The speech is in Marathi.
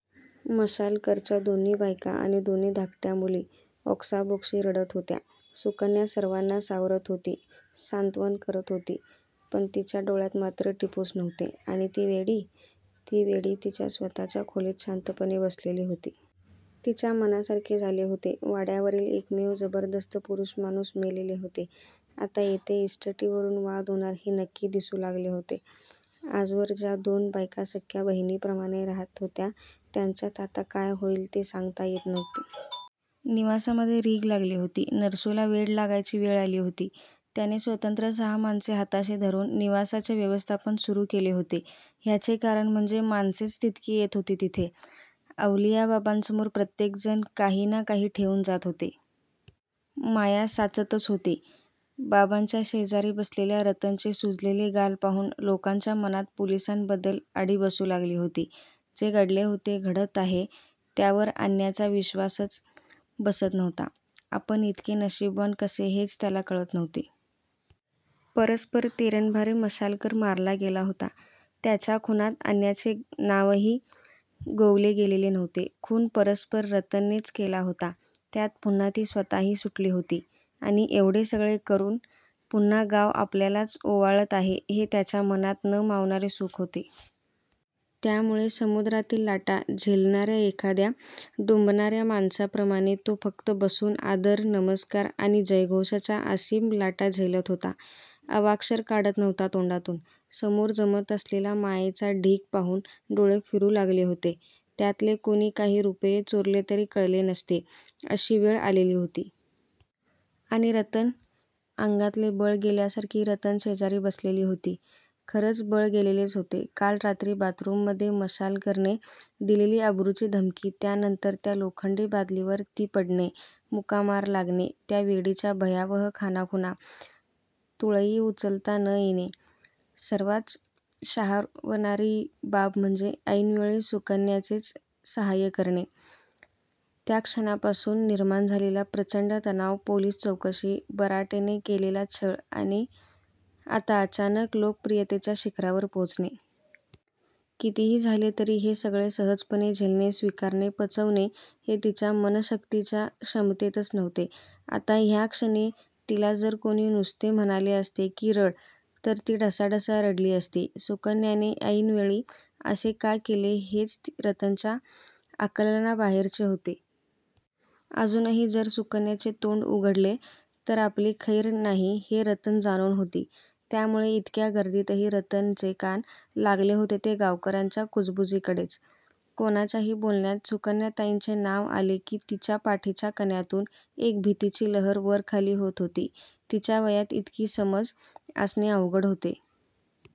मशालकरच्या दोन्ही बायका आणि दोन धाकट्या मुली ओक्साबोक्शी रडत होत्या. सुकन्या सर्वांना सावरत होती, सांत्वन करत होती, पण तिच्या डोळ्यात मात्र टिपूस नव्हते. आणि ती वेडी? ती वेडी तिच्या स्वतःच्या खोलीत शांतपणे बसलेली होती. तिच्या मनासारखे झाले होते. वाड्यावरील एकमेव जबरदस्त पुरुष माणूस मेलेले होते. आता येथे इस्टेटीवरून वाद होणार हे नक्की दिसू लागलेले होते. आजवर ज्या दोन बायका सख्या बहिणीप्रमाणे राहात होत्या त्यांच्यात आता काय होईल ते सांगता येत नव्हते. निवासामध्ये रीघ लागली होती. नरसूला वेड लागायची वेळ आली होती. त्याने स्वतंत्र सहा माणसे हाताशी धरून निवासाचे व्यवस्थापन सुरू केले होते. ह्याचे कारण म्हणजे माणसेच तितकी येत होती तेथे. अवलिया बाबांसमोर प्रत्येकजण काही ना काही ठेवून जात होते. माया साचतच होती. बाबांच्या शेजारी बसलेल्या रतनचे सुजलेले गाल पाहून लोकांच्या मनात पोलिसांबद्दल अढी बसू लागली होती. जे घडले होते, घडत आहे, त्यावर अन्याचा विश्वासच बसत नव्हता. आपण इतके नशीबवान कसे हेच त्याला कळत नव्हते. परस्परं तेरंभारे मशालकर मारला गेला होता. त्याच्या खुनात अन्याचे नावही गोवले गेलेले नव्हते. खून परस्पर रतननेच केला होता. त्यात पुन्हा ती स्वतःही सुटली होती. आणि एवढे सगळे एकरून पुन्हा गाव आपल्यालाच ओवाळत आहे हे त्याच्या मनात न मावणारे सुख होते. त्यामुळे समुद्रातील लाटा झेलणाऱ्या एखाद्या डुंबणाऱ्या माणसाप्रमाणे तो फक्त बसून आदर, नमस्कार आणि जयघोषाच्या असीम लाटा झेलत होता. अवाक्षर काढत नव्हता तोंडातून. समोर जमत असलेला मायेचा ढीग पाहून डोळे फिरू लागले होते. त्यातले कोणी काही रुपये चोरले तरी कळले नसते अशी वेळ आलेली होती. आणि रतन? अंगातले बळ गेल्यासारखी रतन शेजारी बसलेली होती. खरंच बळ गेलेलेच होते. काल रात्री बाथरूममध्ये मशालकरने दिलेली अब्रूची धमकी, त्यानंतर त्या लोखंडी बादलीवर ती पडणे, मुका मार लागणे, त्या वेडीच्या भयावह खाणाखुणा, तुळई उचलता न येणे, सर्वात शहारवणारी बाब म्हणजे ऐनवेळी सुकन्यानेच सहाय्य करणे, त्या क्षणापासून निर्माण झालेला प्रचंड तणाव, पोलिस चौकशी, बराटेने केलेला छळ आणि आता अचानक लोकप्रियतेच्या शिखरावर पोहोचणे. कितीही झाले तरी हे सगळे सहजपणे झेलणे, स्वीकारणे, पचवणे हे तिच्या मनःशक्तीच्या क्षमतेतच नव्हते. आत्ता ह्या क्षणी तिला जर कोणी नुसते म्हणाले असते की रड, तर ती ढसाढसा रडली असती. सुकन्याने ऐनवेळी असे का केले हेच रतनच्या आकलनाबाहेरचे होते. अजूनही जर सुकन्याने तोंड उघडले तर आपली खैर नाही हे रतन जाणून होती. त्यामुळे इतक्या गर्दीतही रतनचे कान लागले होते ते गावकऱ्यांच्या कुजबुजीकडेच. कोणाच्याही बोलण्यात सुकन्याताईंचे नाव आले की तिच्या पाठीच्या कण्यातून एक भीतीची लहर वरखाली होत होती. तिच्या वयात इतकी समज असणे अवघड होते.